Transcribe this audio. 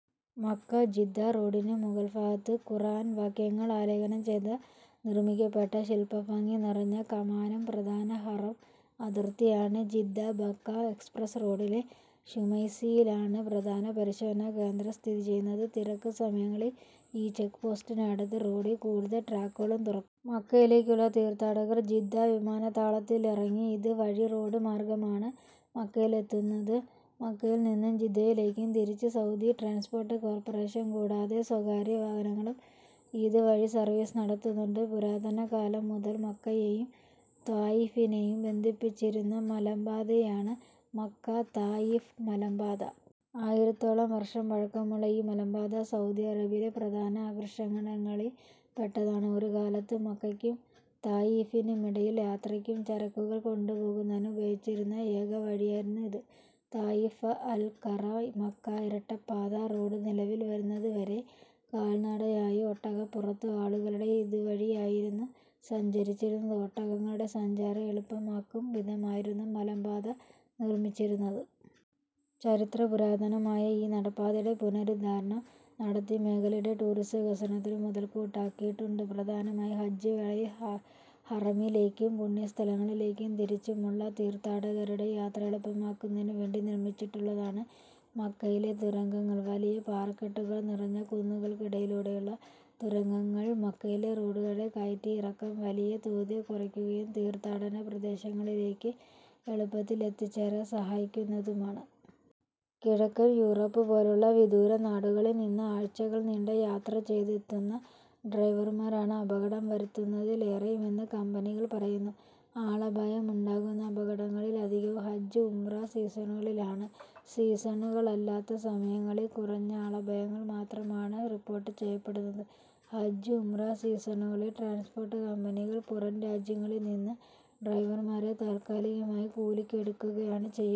Mecca Jeddah റോഡിനു മുകൾ ഭാഗത്ത് ഖുർആൻ വാക്യങ്ങൾ ആലേഖനം ചെയ്ത നിർമ്മിക്കപ്പെട്ട ശിൽപ്പഭംഗി നിറഞ്ഞ കമാനം പ്രധാന ഹറം അതിർത്തി ആണ്. ജിദ്ദ-മക്ക എക്സപ്രസ് റോഡിലെ ശുമൈസിയിലാണ് പ്രധാന പരിശോധനാ കേന്ദ്രം സ്ഥിതി ചെയ്യുന്നത്. തിരക്ക് സമയങ്ങളിൽ ഈ ചെക്ക് പോസ്റ്റിനടുത്ത് റോഡിൽ കൂടുതൽ ട്രാക്കുകളും തുറ മക്കയിലേക്കുള്ള തീർത്ഥാടകർ ജിദ്ദ വിമാനത്താവളത്തിൽ ഇറങ്ങി ഇത് വഴി റോഡ് മാർഗ്ഗമാണ് മക്കയിലെത്തുന്നത്. മക്കയിൽ നിന്നും ജിദ്ദയിലേക്കും തിരിച്ചും സൗദി ട്രാൻസ്പോർട്ട് കോർപറേഷൻ കൂടാതെ സ്വകാര്യ വാഹനങ്ങളും ഇത് വഴി സർവീസ് നടത്തുന്നുണ്ട്. പുരാതന കാലം മുതൽ മക്കയെയും ത്വായിഫിനെയും ബന്ധിപ്പിച്ചിരുന്ന മലമ്പാതയാണ് മക്ക-താഇഫ് മലമ്പാത. ആയിരത്തോളം വർഷം പഴക്കമുള്ള ഈ മലമ്പാത സൗദി അറേബ്യയിലെ പ്രധാന ആകർഷണങ്ങളിൽ പെട്ടതാണ്. ഒരു കാലത്ത് മക്കക്കും താഇഫിനുമിടയിൽ യാത്രക്കും ചരക്കുകൾ കൊണ്ടുപോകുന്നതിനും ഉപയോഗിച്ചിരുന്ന ഏക വഴിയായിരുന്നു ഇത്. താഇഫ് അൽകറ-മക്ക ഇരട്ടപ്പാത റോഡ് നിലവിൽവരുന്നതുവരെ കാൽനടയായും ഒട്ടകപ്പുറത്തും ആളുകളുടെ ഇതുവഴിയായിരുന്നു സഞ്ചരിച്ചിരുന്നത്. ഒട്ടകങ്ങളുടെ സഞ്ചാരം എളുപ്പമാക്കും വിധമായിരുന്നു മലമ്പാത നിർമ്മിച്ചിരുന്നത്. ചരിത്ര പുരാതനമായ ഈ നടപ്പാതയുടെ പുനരുദ്ധാരണം നടത്തി മേഖലയുടെ ടൂറിസ വികസനത്തിന് മുതൽക്കൂട്ടാക്കിയിട്ടുണ്ട്. പ്രധാനമായും ഹജ്ജ് വേളയിൽ ഹറമിലേക്കും പുണ്യസ്ഥലങ്ങളിലേക്കും തിരിച്ചുമുള്ള തീർത്ഥാടകരുടെ യാത്ര എളുപ്പമാക്കുന്നതിനു വേണ്ടി നിർമ്മിച്ചിട്ടുള്ളതാണ് മക്കയിലെ തുരങ്കങ്ങൾ. വലിയ പാറക്കെട്ടുകൾ നിറഞ്ഞ കുന്നുകൾക്കിടയിലൂടെയുള്ള തുരങ്കങ്ങൾ മക്കയിലെ റോഡുകളുടെ കയറ്റിറക്കം വലിയ തോതിൽ കുറക്കുകയും തീർത്ഥാടന പ്രദേശങ്ങളിലേക്ക് എളുപ്പത്തിൽ എത്തിച്ചേരാൻ സഹായിക്കുന്നതുമാണ്. കിഴക്കൻ യൂറോപ്പ് പോലുള്ള വിദൂര നാടുകളിൽ നിന്ന് ആഴ്ചകൾ നീണ്ട യാത്ര ചെയ്തെത്തുന്ന ഡ്രൈവർമാരാണ് അപകടം വരുത്തുന്നതിൽ ഏറെയുമെന്ന് കമ്പനികൾ പറയുന്നു. ആളപായമുണ്ടാകുന്ന അപകടങ്ങളിൽ അധികവും ഹജ്ജ്-ഉംറ സീസണുകളിലാണ്. സീസണുകളല്ലാത്ത സമയങ്ങളിൽ കുറഞ്ഞ ആളപായങ്ങൾ മാത്രമാണ് റിപ്പോർട്ട് ചെയ്യപ്പെടുന്നത്. ഹജ്ജ്-ഉംറ സീസണുകളിൽ ട്രാൻസ്പോർട്ട് കമ്പനികൾ പുറം രാജ്യങ്ങളിൽനിന്ന് ഡ്രൈവർമാരെ താൽക്കാലികമായി കൂലിക്കെടുക്കുകയാണ് ചെയ്യുക.